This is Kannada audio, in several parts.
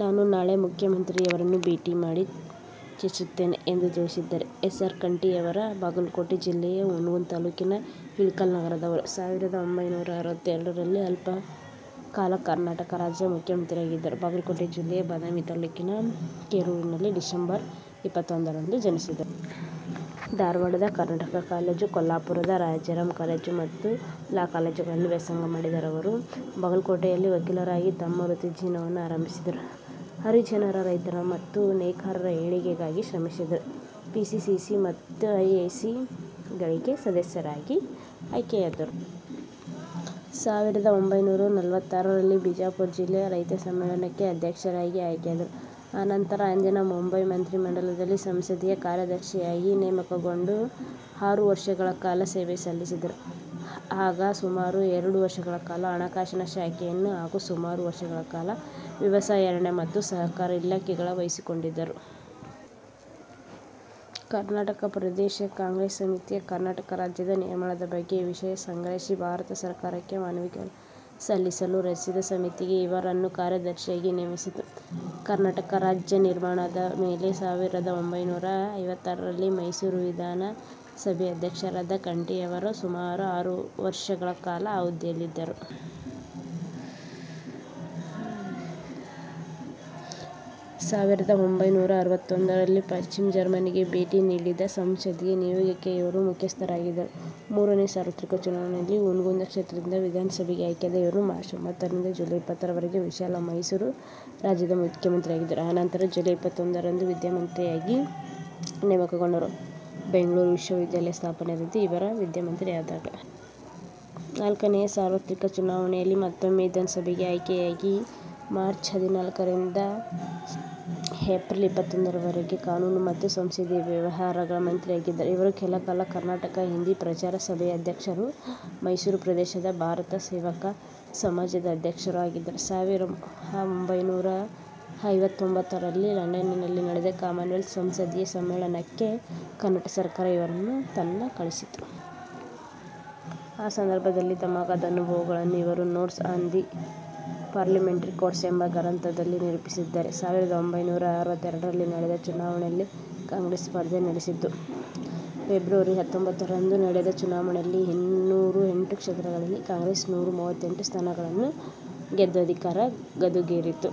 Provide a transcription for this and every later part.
ನಾನು ನಾಳೆ ಮುಖ್ಯಮಂತ್ರಿಯವರನ್ನು ಭೇಟಿ ಮಾಡಿ ಚರ್ಚಿಸುತ್ತೇನೆ' ಎಂದು ತಿಳಿಸಿದ್ದಾರೆ. ಎಸ್ ಆರ್ ಕಂಠಿ ಯವರು ಬಾಗಲಕೋಟ ಜಿಲ್ಲೆಯ ಹುನಗುಂದ ತಾಲ್ಲೂಕಿನ ಇಳಕಲ್ಲ ನಗರದವರು. ಸಾವಿರದ ಒಂಭೈನೂರಾ ಅರವತ್ತೆರಡರಲ್ಲಿ ಅಲ್ಪ ಕಾಲ ಕರ್ನಾಟಕ ರಾಜ್ಯದ ಮುಖ್ಯಮಂತ್ರಿಯಾಗಿದ್ದರು. ಬಾಗಲಕೋಟೆ ಜಿಲ್ಲೆಯ ಬದಾಮಿ ತಾಲ್ಲೂಕಿನ ಕೆರೂರನಲ್ಲಿ ಡಿಸೆಂಬರ್ ಇಪ್ಪತ್ತೊಂದರಂದು ಜನಿಸಿದರು. ಧಾರವಾಡದ ಕರ್ನಾಟಕ ಕಾಲೇಜು, ಕೊಲ್ಲಾಪುರದ ರಾಜಾರಾಮ್ ಕಾಲೇಜು ಮತ್ತು ಲಾ ಕಾಲೇಜುಗಳಲ್ಲಿ ವ್ಯಾಸಂಗ ಮಾಡಿದ ಇವರು ಬಾಗಲಕೋಟೆಯಲ್ಲಿ ವಕೀಲರಾಗಿ ತಮ್ಮ ವೃತ್ತಿಜೀವನವನ್ನು ಆರಂಭಿಸಿದರು. ಹರಿಜನರ, ರೈತರ ಮತ್ತು ನೇಕಾರರ ಏಳ್ಗೆಗಾಗಿ ಶ್ರಮಿಸಿದರು. ಪಿ. ಸಿ. ಸಿ. ಮತ್ತು ಎ. ಐ. ಸಿ. ಸಿಗಳಿಗೆ ಸದಸ್ಯರಾಗಿ ಆಯ್ಕೆಯಾದರು. ಸಾವಿರದ ಒಂಭೈನೂರ ನಲವತ್ತಾರರಲ್ಲಿ ಬಿಜಾಪುರ ಜಿಲ್ಲೆಯ ರೈತ ಸಮ್ಮೇಳನಕ್ಕೆ ಅಧ್ಯಕ್ಷರಾಗಿ ಆಯ್ಕೆಯಾದರು. ಅನಂತರ ಅಂದಿನ ಮುಂಬಯಿ ಮಂತ್ರಿ ಮಂಡಲದಲ್ಲಿ ಸಂಸದೀಯ ಕಾರ್ಯದರ್ಶಿಯಾಗಿ ನೇಮಕಗೊಂಡು ಆರು ವರ್ಷಗಳ ಕಾಲ ಸೇವೆಸಲ್ಲಿಸಿದರು. ಆಗ ಸುಮಾರು ಎರಡು ವರ್ಷಗಳ ಕಾಲ ಹಣಕಾಸಿನ ಶಾಖೆಯನ್ನು ಹಾಗೂ ಮೂರು ವರ್ಷಗಳ ಕಾಲ ವ್ಯವಸಾಯ, ಅರಣ್ಯ ಮತ್ತು ಸಹಕಾರ ಇಲಾಖೆಗಳ ವಹಿಸಿಕೊಂಡಿದ್ದರು. ಕರ್ನಾಟಕ ಪ್ರದೇಶ ಕಾಂಗ್ರೆಸ್ ಸಮಿತಿ ಕರ್ನಾಟಕ ರಾಜ್ಯದ ನಿರ್ಮಾಣದ ಬಗ್ಗೆ ವಿಷಯ ಸಂಗ್ರಹಿಸಿ ಭಾರತ ಸರ್ಕಾರಕ್ಕೆ ಮನವಿ ಸಲ್ಲಿಸಲು ರಚಿಸಿದ ಸಮಿತಿಗೆ ಇವರನ್ನು ಕಾರ್ಯದರ್ಶಿಯಾಗಿ ನೇಮಿಸಿತ್ತು. ಕರ್ನಾಟಕ ರಾಜ್ಯ ನಿರ್ಮಾಣವಾದ ಮೇಲೆ ಸಾವಿರದ ಒಂಭೈನೂರ ಐವತ್ತಾರರಲ್ಲಿ ಮೈಸೂರು ವಿಧಾನ ಸಭೆಯ ಅಧ್ಯಕ್ಷರಾದ ಕಂಠಿಯವರು ಸುಮಾರು ಅರು ವರ್ಷಗಳ ಕಾಲ ಆ ಹುದ್ದೆಯಲ್ಲಿದ್ದರು. ಸಾವಿರದ ಒಂಭೈನೂರ ಅರವತ್ತೋಂದರಲ್ಲಿ ಪಶ್ಚಿಮ ಜರ್ಮನಿಗೆ ಭೇಟಿ ನೀಡಿದ ಸಂಸದೀಯ ನಿಯೋಗಕ್ಕೆ ಇವರು ಮುಖ್ಯಸ್ಥರಾಗಿದ್ದರು. ಮೂರನೆಯ ಸಾರ್ವತ್ರಿಕ ಚುನಾವಣೆಯಲ್ಲಿ ಹುನಗುಂದ ಕ್ಷೇತ್ರದಿಂದ ವಿಧಾನಸಭೆಗೆ ಆಯ್ಕೆಯಾದ ಇವರು ಮಾರ್ಚ್ ಒಂಭತ್ತರಿಂದ ಜುಲೈ ಇಪ್ಪತ್ತರವರೆಗೆ ವಿಶಾಲ ಮೈಸೂರು ರಾಜ್ಯದ ಮುಖ್ಯಮಂತ್ರಿಯಾಗಿದ್ದರು। ಅನಂತರ ಜುಲೈ ಇಪ್ಪತ್ತೊಂದರಂದು ವಿದ್ಯಾಮಂತ್ರಿಯಾಗಿ ನೇಮಕಗೊಂಡರು. ಬೆಂಗಳೂರು ವಿಶ್ವವಿದ್ಯಾಲಯ ಸ್ಥಾಪನೆಯಾದದ್ದು ಇವರು ವಿದ್ಯಾಮಂತ್ರಿಯಾಗಿದ್ದಾಗ. ನಾಲ್ಕನೆಯ ಸಾರ್ವತ್ರಿಕ ಚುನಾವಣೆಯಲ್ಲಿ ಮತ್ತೊಮ್ಮೆ ವಿಧಾನಸಭೆಗೆ ಆಯ್ಕೆಯಾಗಿ ಮಾರ್ಚ್ ಹದಿನಾಲ್ಕರಿಂದ ರಿಂದ ಏಪ್ರಿಲ್ ಇಪ್ಪತ್ತೊಂಭತ್ತರರವರೆಗೆ ಕಾನೂನು ಮತ್ತು ಸಂಸದೀಯ ವ್ಯವಹಾರಗಳ ಮಂತ್ರಿಯಾಗಿದ್ದರು. ಇವರು ಕೆಲಕಾಲ ಕರ್ನಾಟಕ ಹಿಂದಿ ಪ್ರಚಾರ ಸಭೆಯ ಅಧ್ಯಕ್ಷರೂ ಮೈಸೂರು ಪ್ರದೇಶದ ಭಾರತ ಸೇವಕ ಸಮಾಜದ ಅಧ್ಯಕ್ಷರೂ ಆಗಿದ್ದರು. ಸಾವಿರ ಅಒಂಭೈನೂರ ಐವತ್ತೊಂಭತ್ತರಲ್ಲಿ ಲಂಡನಿನಲ್ಲಿ ನಡೆದ ಕಾಮನ್ವೆಲ್ತ್ ಸಂಸದೀಯ ಸಮ್ಮೇಳನಕ್ಕೆ ಕರ್ನಾಟಕ ಸರ್ಕಾರ ಇವರನ್ನು ತನ್ನ ಕಳಿಸಿತ್ತು. ಆ ಸಂದರ್ಭದಲ್ಲಿ ತಮಗಾದ ಅನುಭವಗಳನ್ನು ಇವರು notes on the parliamentary course ಎಂಬ ಗ್ರಂಥದಲ್ಲಿ ನಿರೂಪಿಸಿದ್ದಾರೆ. ಸಾವಿರದ ಒಂಭೈನೂರ ಅರವತ್ತೆರಡರಲ್ಲಿ ನಡೆದ ಚುನಾವಣೆಯಲ್ಲಿ ಕಾಂಗ್ರೆಸ್ ಸ್ಪರ್ಧೆ ನಡೆಸಿತು. ಫೆಬ್ರವರಿ ಹತ್ತೊಂಭತ್ತರಂದು ನಡೆದ ಚುನಾವಣೆಯಲ್ಲಿ ಇನ್ನುರ ಎಂಟು ಕ್ಷೇತ್ರಗಳಲ್ಲಿ ಕಾಂಗ್ರೆಸ್ ನೂರ ಮುವತ್ತೆಂಟು ಸ್ಥಾನಗಳನ್ನು ಗೆದ್ದು ಅಧಿಕಾರದ ಗದ್ದುಗೆಗೇರಿತು.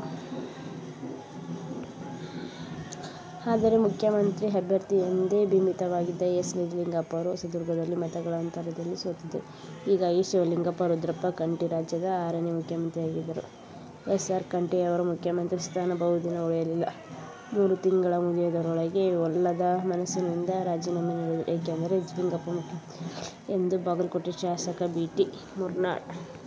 ಆದರೆ, ಮುಖ್ಯಮಂತ್ರಿ ಅಭ್ಯರ್ಥಿ ಎಂದೇ ಬಿಂಬಿತವಾಗಿದ್ದ ಎಸ್. ನಿಜಲಿಂಗಪ್ಪ ಅವರು ಹೊಸದುರ್ಗದಲ್ಲಿ ಮತಗಳ ಅಂತರದಲ್ಲಿ ಸೋತಿದ್ದರು. ಹೀಗಾಗಿ, ಶಿವಲಿಂಗಪ್ಪ ರುದ್ರಪ್ಪ ಕಂಠಿ ರಾಜ್ಯದ ಆರನೇ ಮುಖ್ಯಮಂತ್ರಿಯಾದರು. ಎಸ್. ಆರ್. ಕಂಠಿ ಅವರ ಮುಖ್ಯಮಂತ್ರಿ ಸ್ಥಾನ ಬಹುದಿನ ಉಳಿಯಲಿಲ್ಲ. ಮೂರು ತಿಂಗಳು ಮುಗಿಯುವುದರೊಳಗೇ ಒಲ್ಲದ ಮನಸ್ಸಿನಿಂದ ರಾಜಿನಾಮೆ ನೀಡಿದರು. ಏಕೆಂದರೆ, ನಿಜಲಿಂಗಪ್ಪ ಮುಖ್ಯಮಂತ್ರಿಯಾಗಲಿ ಎಂದು ಬಾಗಲಕೋಟೆ ಶಾಸಕ ಬಿ. ಟಿ. ಮುರ್ನಾಳ್